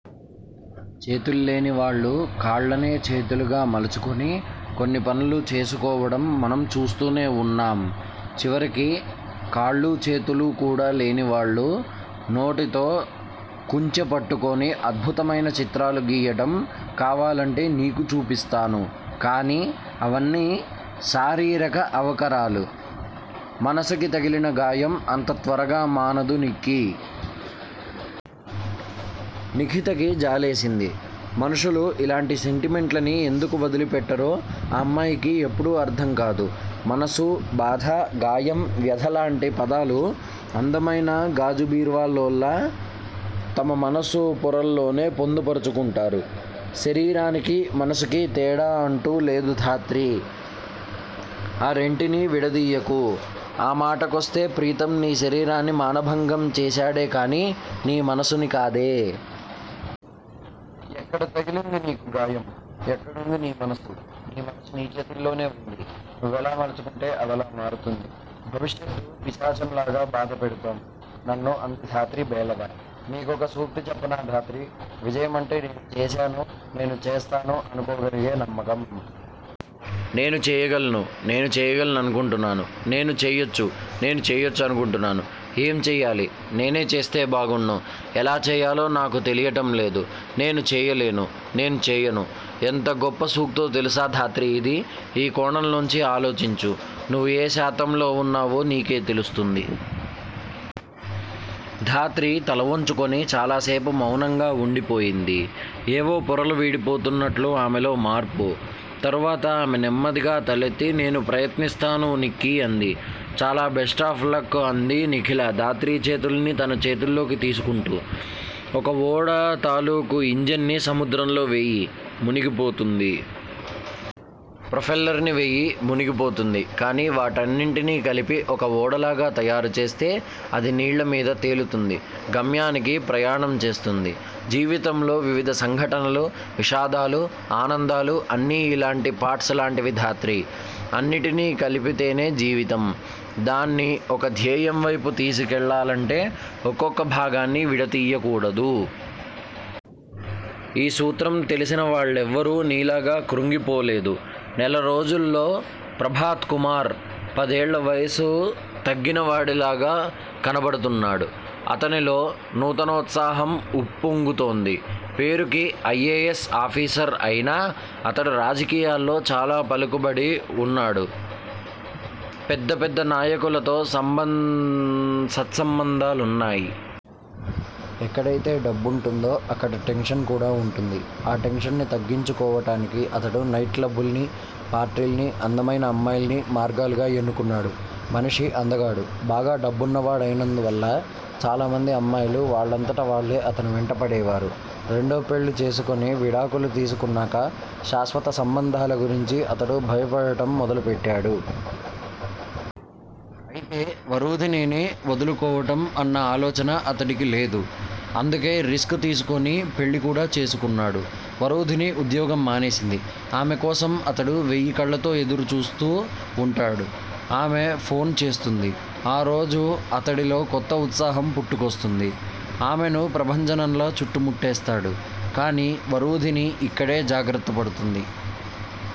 చేతుల్లేని వాళ్ళు కాళ్ళనే చేతులుగా మలుచుకోని అన్ని పనులు చేసుకోవటం మనం చూస్తూనే వున్నాం. చివరికి కాళ్ళూ, చేతులూ కూడా లేని వాళ్ళు, నోటితో కుంచె పట్టుకుని అద్భుతమైన చిత్రాలు గీయటం కావాలంటే నీకు చూపిస్తాను. కానీ, అవన్నీ శారీరక అవకరాలు. మనసుకి తగిలిన గాయం అంత త్వరగా మానదు నిక్కీ. నిఖితకి జాలేసింది. మనుషులు ఇలాంటి సెంటిమెంట్లని ఎందుకు వదిలిపెట్టరో ఆ అమ్మాయికి ఎప్పుడూ అర్థంకాదు. మనసు, బాధ, గాయం, వ్యధలాంటి పదాలు అందమైన గాజు బీరువాల్లోలా తమ మనసు పొరల్లోనే పొందుపరచుకుంటారు. శరీరానికి, మనసుకీ తేడా అంటూ లేదు ధాత్రీ! ఆ రెంటినీ విడదీయకు. ఆ మాటకొస్తే ప్రీతమ్ నీ శరీరాన్ని మానభంగం చేశాడేకానీ నీ మనసుని కాదే! ఎక్కడ తగిలింది నీకు గాయం? ఎక్కడుంది నీ మనసు? నీ మనసు నీ చేతుల్లోనే వుంది. నువ్వెలా మలుచుకుంటే అదలా మారుతుంది. భవిష్యత్తు పిశాచంలాగా భయపెడుతోంది నన్ను అంది ధాత్రి బేలగా. నీకొక సూక్తి చెప్పనా ధాత్రీ. విజయమంటే నేను చేశాను నేను చేస్తాను అనుకోగలిగే నమ్మకం. నేను చేయగలను. నేను చేయగలను అనుకుంటున్నాను. నేను చెయ్యొచ్చు. నేను చెయ్యొచ్చు అనుకుంటున్నాను. ఏం చెయ్యాలి? నేనే చేస్తే బాగుణ్ను. ఎలా చెయ్యాలో నాకు తెలియటంలేదు. నేను చెయ్యలేను. నేను చెయ్యను. ఎంత గొప్ప సూక్తో తెలుసా ధాత్రీ ఇది! ఈ కోణంలోంచి ఆలోచించు. నువ్వు ఏ శాతంలో వున్నావో నీకే తెలుస్తుంది. ధాత్రి తలవంచుకొని చాలాసేపు మౌనంగా వుండిపోయింది. ఏవో పొరలు విడిపోతున్నట్టు ఆమెలో మార్పు. తరువాత ఆమె నెమ్మదిగా తలెత్తి నేను ప్రయత్నిస్తాను నిక్కీ అంది. చాలు బెస్టాఫ్ లక్ అంది నిఖిత ధాత్రి చేతుల్ని తన చేతుల్లోకి తీసుకుంటూ. ఒక ఓడ తాలూకు ఇంజన్ ని సముద్రంలో వెయ్యి, మునిగిపోతుంది. ప్రోఫెల్లర్ ని వెయ్యి మునిగిపోతుంది. కానీ వాటిన్నింటినీ కలిపి ఒక ఓడలాగా తయారుచేస్తే అది నీళ్ళమీద తేలుతుంది. గమ్యానికి ప్రయాణం చేస్తుంది. జీవితంలో వివిధ సంఘటనలు, విషాదాలు, ఆనందాలు అన్నీ ఇలాంటి పార్ట్స్ లాంటివే ధాత్రీ. అన్నిటినీ కలిపితేనే జీవితం. దాన్ని ఒక ధ్యేయంవైపు తీసుకెళ్ళాలంటే ఒక్కొక్క భాగాన్నీ విడదీయకూడదు. ఈ సూత్రం తెలిసిన వాళ్లెవరూ నీలాగా కృంగిపోలేదు. నెలరోజుల్లో ప్రభాత్ కుమార్ పదేళ్ళ వయసు తగ్గిన వాడిలాగా కనపడుతున్నాడు. అతనిలో నూతనోత్సాహం ఉప్పొంగుతోంది. పేరుకి ఐ. ఎ. ఎస్. ఆఫీసర్ అయినా అతడు రాజకీయాల్లో చాలా పలుకుబడి వున్నాడు. పెద్ద పెద్ద నాయకులతో సత్సంబంధాలున్నాయి. అతడు ఎన్ని రకాలుగా ఆస్తులు సంపాదించుకున్నా అడిగేవాళ్ళే లేకపొయ్యారు. ఎక్కడైతే డబ్బుంటుందో అక్కడ టెన్షన్ కూడా వుంటుంది. ఆ టెన్షన్ ని తగ్గించుకోవటానికి అతడు నైట్ క్లబ్బుల్ని, పార్టీల్ని, అందమైన అమ్మాయిల్ని మార్గాలుగా ఎన్నుకున్నాడు. మనిషి అందగాడు, బాగా డబ్బున్నవాడు అయినందువల్ల చాలామంది అమ్మాయిలు వాళ్ళంతట వాళ్ళే అతని వెంటపడేవారు. రెండోపెళ్ళి చేసుకొని విడాకులు తీసుకున్నాక శాశ్వత సంబంధాల గురించి అతడు భయపడటం మొదలుపెట్టాడు. అయితే వరూధినిని వదులుకోవటం అన్న ఆలోచనే అతడికి లేదు. అందుకే రిస్క్ తీసుకొని పెళ్ళికూడా చేసుకున్నాడు. వరూధిని ఉద్యోగం మానేసింది. ఆమెకోసం అతడు వెయ్యికళ్ళతో ఎదురుచూస్తూ వుంటాడు. ఆమె ఫోన్ చేస్తుంది. ఆ రోజు అతడిలో కొత్తఉత్సాహం పుట్టుకొస్తుంది. ఆమెను ప్రభంజనంలా చుట్టుముట్టేస్తాడు. కానీ వరూధిని ఇక్కడే జాగ్రత్త పడుతుంది.